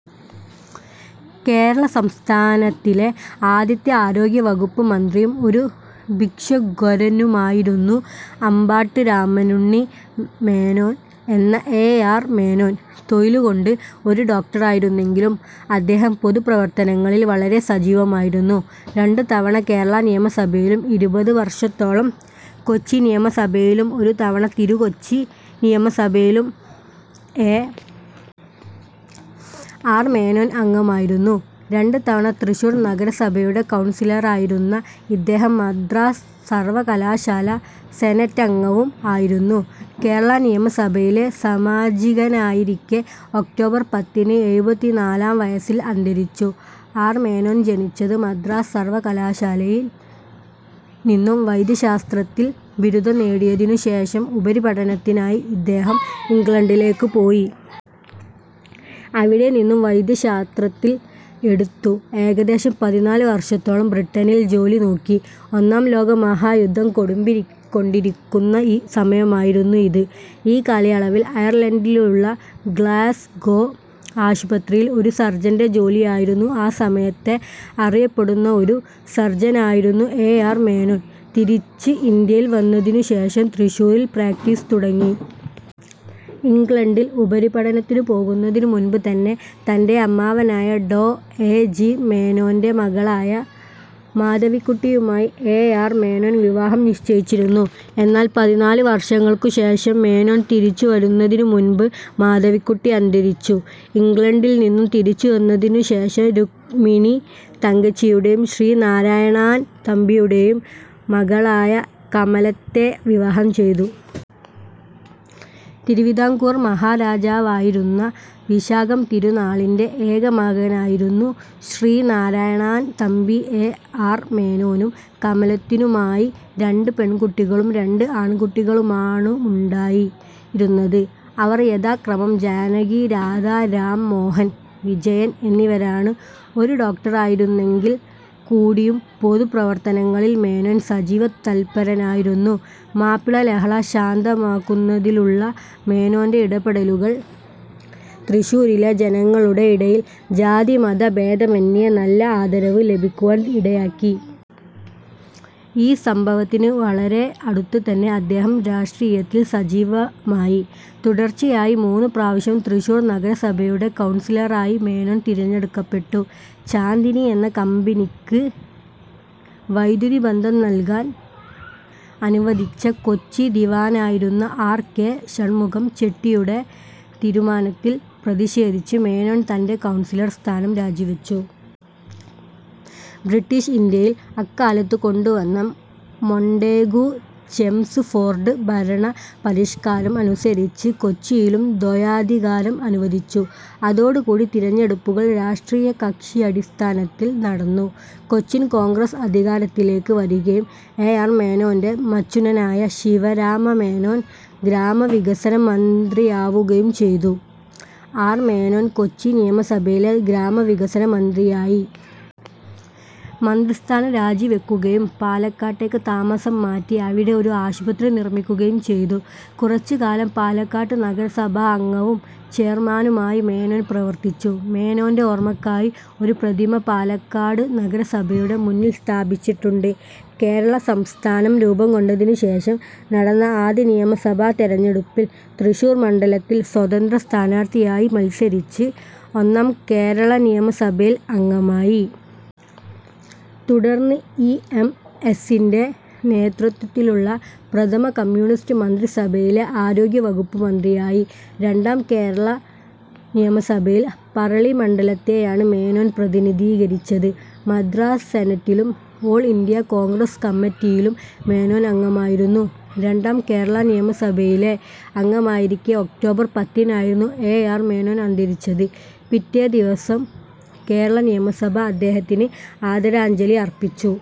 കേരള സംസ്ഥാനത്തിലെ ആദ്യത്തെ ആരോഗ്യവകുപ്പ് മന്ത്രിയും ഒരു ഭിഷഗ്വരനുമായിരുന്നു അമ്പാട്ട് രാമനുണ്ണി മേനോൻ എന്ന എ. ആർ. മേനോൻ. തൊഴിലുകൊണ്ട് ഒരു ഡോക്ടറായിരുന്നെങ്കിലും അദ്ദേഹം പൊതു പ്രവർത്തനങ്ങളിൽ വളരെ സജീവമായിരുന്നു. രണ്ട് തവണ കേരള നിയമസഭയിലും ഇരുപത് വർഷത്തോളം കൊച്ചിനിയമസഭയിലും, ഒരു തവണ തിരുക്കൊച്ചി നിയമസഭയിലും എ. ആർ. മേനോൻ അംഗമായിരുന്നു. രണ്ട് തവണ തൃശൂർ നഗരസഭയുടെ കൗൺസിലറായിരുന്ന ഇദ്ദേഹം മദ്രാസ് സർവകലാശാലാ സെനറ്റംഗവും ആയിരുന്നു. കേരള നിയമസഭയിലെ സമാജികനായിരിക്കെ ഒക്ടോബർ പത്തിന് എഴുപത്തിനാലാം വയസ്സിൽ അന്തരിച്ചു. ആർ. മേനോൻ ജനിച്ചത്. മദ്രാസ് സർവകാലാശാലയിൽ നിന്നും വൈദ്യശാസ്ത്രത്തിൽ ബിരുദം നേടിയതിനു ശേഷം ഉപരിപഠനത്തിനായി ഇദ്ദേഹം ഇംഗ്ലണ്ടിലേക്ക് പോയി. അവിടെ നിന്നും വൈദ്യശാത്രത്തിൽ, എടുത്തു, ഏകദേശം പതിനാല് വർഷത്തോളം ബ്രിട്ടനിൽ ജോലിനോക്കി. ഒന്നാം ലോകമഹായുദ്ധം കൊടുമ്പിരിക്കൊണ്ടിരിക്കുന്ന സമയമായിരുന്നു ഇത്. ഈ കാലയളവിൽ അയർലന്റിലുള്ള ഗ്ലാസ്ഗോ ആശുപതിയിൽ ഒരു സർജന്റെ ജോലിയായിരുന്നു. ആ സമയത്തെ അറിയപ്പെടുന്ന ഒരു സർജനായിരുന്നു എ. ആർ. മേനോൻ. തിരിച്ച് ഇന്ത്യയിൽ വന്നതിനു ശേഷം തൃശ്ശൂരിൽ പ്രാക്ടീസ് തുടങ്ങി. ഇംഗ്ലണ്ടിൽ ഉപരിപഠനത്തിനു പോകുന്നതിനു മുൻപ് തന്നെ തന്റെ അമ്മാവനായ ഡോ. എ. ജി. മേനോന്റെ മകളായ മാധവിക്കുട്ടിയുമായി എ. ആർ. മേനോൻ വിവാഹം നിശ്ചയിച്ചിരുന്നു. എന്നാൽ പതിനാല് വർഷങ്ങൾക്ക് ശേഷം മേനോൻ തിരിച്ചു വരുന്നതിനു മുൻപ് മാധവിക്കുട്ടി അന്തരിച്ചു. ഇംഗ്ലണ്ടിൽ നിന്നും തിരിച്ചു വന്നതിനു ശേഷം രുക്മിണി തങ്കച്ചിയുടെയും ശ്രീ നാരായണാൻ തമ്പിയുടേയും മകളായ കമലത്തെ വിവാഹം ചെയ്തു. തിരുവിതാംകൂർ മഹാരാജാവായിരുന്ന വിശാഖം തിരുനാളിന്റെ ഏകമകനായിരുന്നു ശ്രീ നാരായണാൻ തമ്പി. എ. ആർ. മേനോനും കമലത്തിനുമായി രണ്ട് പെൺകുട്ടികളും രണ്ട് ആൺകുട്ടികളുമാണുണ്ടായിരുന്നത് അവർ യഥാക്രമം ജാനകി, രാധ, രാം മോഹൻ, വിജയൻ എന്നിവരാണ്. ഒരു ഡോക്ടറായിരുന്നെങ്കിൽ കൂടിയും പൊതു പ്രവർത്തനങ്ങളിൽ മേനോൻ സജീവ തല്പരനായിരുന്നു. മാപ്പിള ലഹള ശാന്തമാക്കുന്നതിലുള്ള മേനോന്റെ ഇടപെടലുകൾ തൃശൂരിലെ ജനങ്ങളുടെ ഇടയിൽ ജാതിമത ഭേദമെന്യേ നല്ല ആദരവ് ലഭിക്കുവാൻ ഇടയാക്കി. ഈ സംഭവത്തിന് വളരെ അടുത്ത് തന്നെ അദ്ദേഹം രാഷ്ട്രീയത്തിൽ സജീവമായി. തുടർച്ചയായി മൂന്നു പ്രാവശ്യം തൃശ്ശൂർ നഗരസഭയുടെ കൗൺസിലറായി മേനോൻ തിരഞ്ഞെടുക്കപ്പെട്ടു. ചാന്ദിനി എന്ന കമ്പനിക്ക് വൈദ്യുതിബന്ധം നൽകാൻ അനുവദിച്ച കൊച്ചി ദിവാനായിരുന്ന ആർ. കെ. ഷണ്മുഖം ചെട്ടിയുടെ തീരുമാനത്തിൽ പ്രതിഷേധിച്ച് മേനോൻ തന്റെ കൗൺസിലർ സ്ഥാനം രാജിവച്ചു. ബ്രിട്ടീഷ് ഇന്ത്യയിൽ അക്കാലത്ത് കൊണ്ടുവന്ന മൊണ്ടേഗു ചെംസ്ഫോർഡ് ഭരണപരിഷാകാരം അനുസരിച്ച് കൊച്ചിയിലും ദ്വയാധികാരം അനുവദിച്ചു. അതോടുകൂടി തിരഞ്ഞെടുപ്പുകൾ രാഷ്ട്രീയ കക്ഷിയടിസ്ഥാനത്തിൽ നടന്നു. കൊച്ചിൻ കോൺഗ്രസ്സ് അധികാരത്തിലേക്ക് വരികയും എ. ആർ. മേനോന്റെ മച്ചുനനായ ശിവരാമമേനോൻ ഗ്രാമവികസന മന്ത്രിയാവുകയും ചെയ്തു. ആർ. മേനോൻ കൊച്ചി നിയമസഭയിലെ ഗ്രാമവികസന മന്ത്രിയായി. മന്ത്രിസ്ഥാനം രാജിവയ്ക്കുകയും പാലക്കാട്ടേക്ക് താമസം മാറ്റി അവിടെ ഒരു ആശുപത്രി നിർമ്മിക്കുകയും ചെയ്തു. കുറച്ച് കാലം പാലക്കാട് നഗരസഭാംഗവും ചെയർമാനുമായി മേനോൻ പ്രവർത്തിച്ചു. മേനോന്റെ ഓർമ്മയ്ക്കയി ഒരു പ്രതിമ പാലക്കാട് നഗരസഭയുടെ മുന്നിൽ സ്ഥാപിച്ചിട്ടുണ്ട്. കേരള സംസ്ഥനം രൂപംകൊണ്ടതിനു ശേഷം നടന്ന ആദ്യ നിയമസഭാ തെരഞ്ഞെടുപ്പിൽ തൃശ്ശൂർ മണ്ഡലത്തിൽ സ്വതന്ത്ര സ്ഥാനാർത്ഥിയായി മത്സരിച്ച് ഒന്നാം കേരളനിയമസഭയിൽ അംഗമായി. തുടർന്ന് ഇ. എം. എസിന്റെ നേതൃത്വത്തിലുള്ള പ്രഥമ കമ്മ്യൂണിസ്റ്റ് മന്ത്രിസഭയിലെ ആരോഗ്യവകുപ്പ് മന്ത്രിയായി. രണ്ടാം കേരളാ നിയമസഭയിൽ പറളി മണ്ഡലത്തെയാണ് മേനോൻ പ്രതിനിധീകരിച്ചത്. മദ്രാസ് സെനറ്റിലും, ഓൾ ഇന്ത്യാ കോൺഗ്രസ് കമ്മിറ്റിയിലും മേനോൻ അംഗമായിരുന്നു. രണ്ടാം കേരളനിയമസഭയിലെ അംഗമായിരിക്കെ ഒക്ടോബർ പത്തിനായിരുന്നു എ. ആർ. മേനോൻ അന്തരിച്ചത്. പിറ്റേദിവസം കേരള നിയമസഭ അദ്ദേഹത്തിന് അദാരഞ്ജലി അർപ്പിച്ചു.